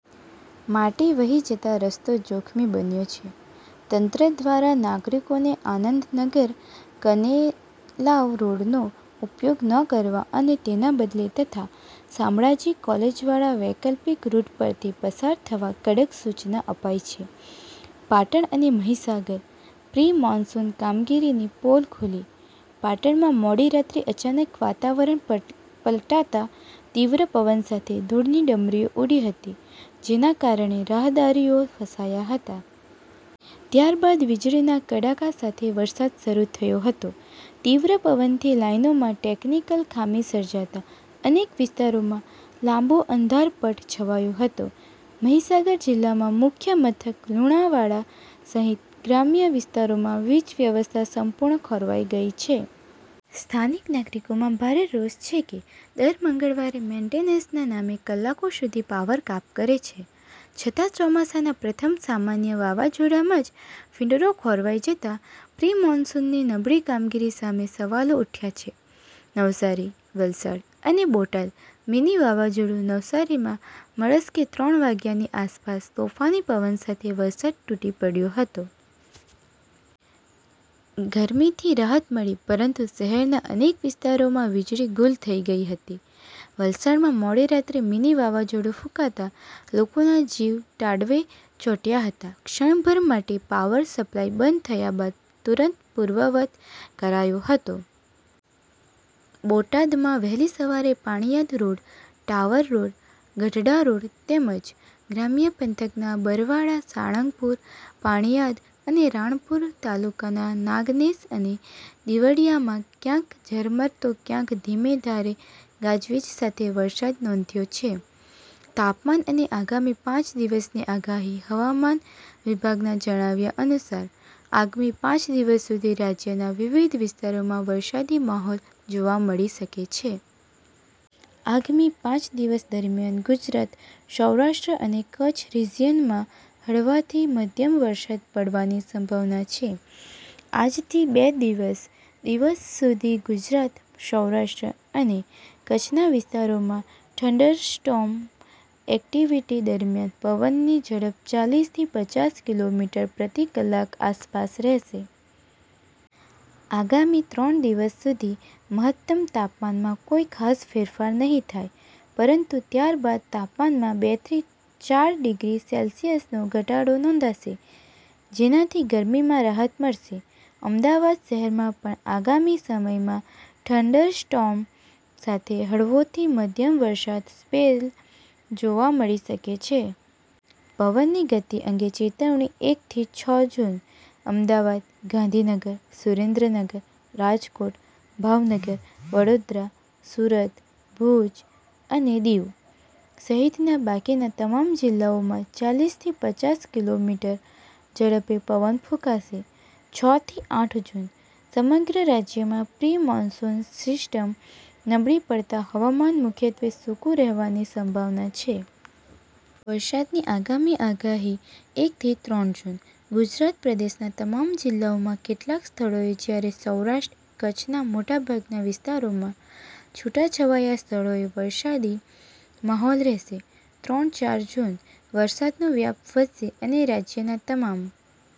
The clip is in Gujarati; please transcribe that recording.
માટી વહી જતાં રસ્તો જોખમી બન્યો છે. તંત્ર દ્વારા નાગરિકોને આનંદનગર-કનેલાવ રોડનો ઉપયોગ ન કરવા અને તેના બદલે તથા શામળાજી કોલેજવાળા વૈકલ્પિક રૂટ પરથી પસાર થવા કડક સૂચના અપાઈ છે.પાટણ અને મહીસાગર: પ્રી-મોન્સૂન કામગીરીની પોલ ખૂલી પાટણમાં મોડી રાત્રે અચાનક વાતાવરણ પલટાતા તીવ્ર પવન સાથે ધૂળની ડમરીઓ ઉડી હતી, જેના કારણે રાહદારીઓ ફસાયા હતા. ત્યારબાદ વીજળીના કડાકા સાથે વરસાદ શરૂ થયો હતો. તીવ્ર પવનથી લાઈનોમાં ટેકનિકલ ખામી સર્જાતા અનેક વિસ્તારોમાં લાંબો અંધારપટ છવાયો હતો. મહીસાગર જિલ્લા મુખ્ય મથક લુણાવાડા સહિત ગ્રામ્ય વિસ્તારોમાં વીજ વ્યવસ્થા સંપૂર્ણ ખોરવાઈ ગઈ છે. સ્થાનિક નાગરિકોમાં ભારે રોષ છે કે દર મંગળવારે મેન્ટેનન્સના નામે કલાકો સુધી પાવર કાપ કરે છે, છતાં ચોમાસાના પ્રથમ સામાન્ય વાવાઝોડામાં જ ફીડરો ખોરવાઈ જતાં પ્રી-મોન્સૂનની નબળી કામગીરી સામે સવાલો ઉઠ્યા છે. નવસારી, વલસાડ અને બોટાદ: મિની વાવાઝોડું નવસારીમાં મળસ્કે ત્રણ વાગ્યાની આસપાસ તોફાની પવન સાથે વરસાદ તૂટી પડ્યો હતો. ગરમીથી રાહત મળી પરંતુ શહેરના અનેક વિસ્તારોમાં વીજળી ગૂલ થઈ ગઈ હતી. વલસાડમાં મોડી રાત્રે મિની વાવાઝોડું ફૂંકાતા લોકોના જીવ તાળવે ચોંટ્યા હતા. ક્ષણભર માટે પાવર સપ્લાય બંધ થયા બાદ તુરંત પૂર્વવત કરાયો હતો. બોટાદમાં વહેલી સવારે Paliyad road, tower road, Gadhada road તેમજ ગ્રામ્ય પંથકના બરવાળા, સાળંગપુર, પાળીયાદ અને રાણપુર તાલુકાના નાગનેશ અને દિવળિયામાં ક્યાંક ઝરમર તો ક્યાંક ધીમીધારે ગાજવીજ સાથે વરસાદ નોંધાયો છે. તાપમાન અને આગામી પાંચ દિવસની આગાહી હવામાન વિભાગના જણાવ્યા અનુસાર, આગામી પાંચ દિવસ સુધી રાજ્યના વિવિધ વિસ્તારોમાં વરસાદી માહોલ જોવા મળી શકે છે. આગામી પાંચ દિવસ દરમિયાન ગુજરાત, સૌરાષ્ટ્ર અને કચ્છ રીઝિયનમાં હળવાથી મધ્યમ વરસાદ પડવાની સંભાવના છે. આજથી બે દિવસ દિવસ સુધી ગુજરાત, સૌરાષ્ટ્ર અને કચ્છના વિસ્તારોમાં થંડરસ્ટોર્મ એક્ટિવિટી દરમિયાન પવનની ઝડપ ચાલીસ થી પચાસ કિલો મીટર પ્રતિ કલાક આસપાસ રહેશે. આગામી ત્રણ દિવસ સુધી મહત્તમ તાપમાનમાં કોઈ ખાસ ફેરફાર નહીં થાય, પરંતુ ત્યારબાદ તાપમાનમાં બે થી ચાર ડિગ્રી સેલ્સિયસનો ઘટાડો નોંધાશે, જેનાથી ગરમીમાં રાહત મળશે. અમદાવાદ શહેરમાં પણ આગામી સમયમાં થંડરસ્ટોર્મ સાથે હળવોથી મધ્યમ વરસાદી સ્પેલ જોવા મળી શકે છે. પવનની ગતિ અંગે ચેતવણી એક થી છ જૂન: અમદાવાદ, ગાંધીનગર, સુરેન્દ્રનગર, રાજકોટ, ભાવનગર, વડોદરા, સુરત, ભુજ અને દીવ સહિતના બાકીના તમામ જિલ્લાઓમાં ચાલીસ થી પચાસ કિલો મીટર ઝડપે પવન ફૂંકાશે. છ થી આઠ જૂન: સમગ્ર રાજ્યમાં પ્રી-મોન્સૂન સિસ્ટમ નબળી પડતાં હવામાન મુખ્યત્વે સૂકું રહેવાની સંભાવના છે. વરસાદની આગામી આગાહી એક થી ત્રણ જૂન: ગુજરાત પ્રદેશના તમામ જિલ્લાઓમાં કેટલાક સ્થળોએ જ્યારે સૌરાષ્ટ્ર-કચ્છના મોટાભાગના વિસ્તારોમાં છૂટાછવાયા સ્થળોએ વરસાદી માહોલ રહેશે. ત્રણ ચાર જૂન: વરસાદનો વ્યાપ વધશે અને રાજ્યના તમામ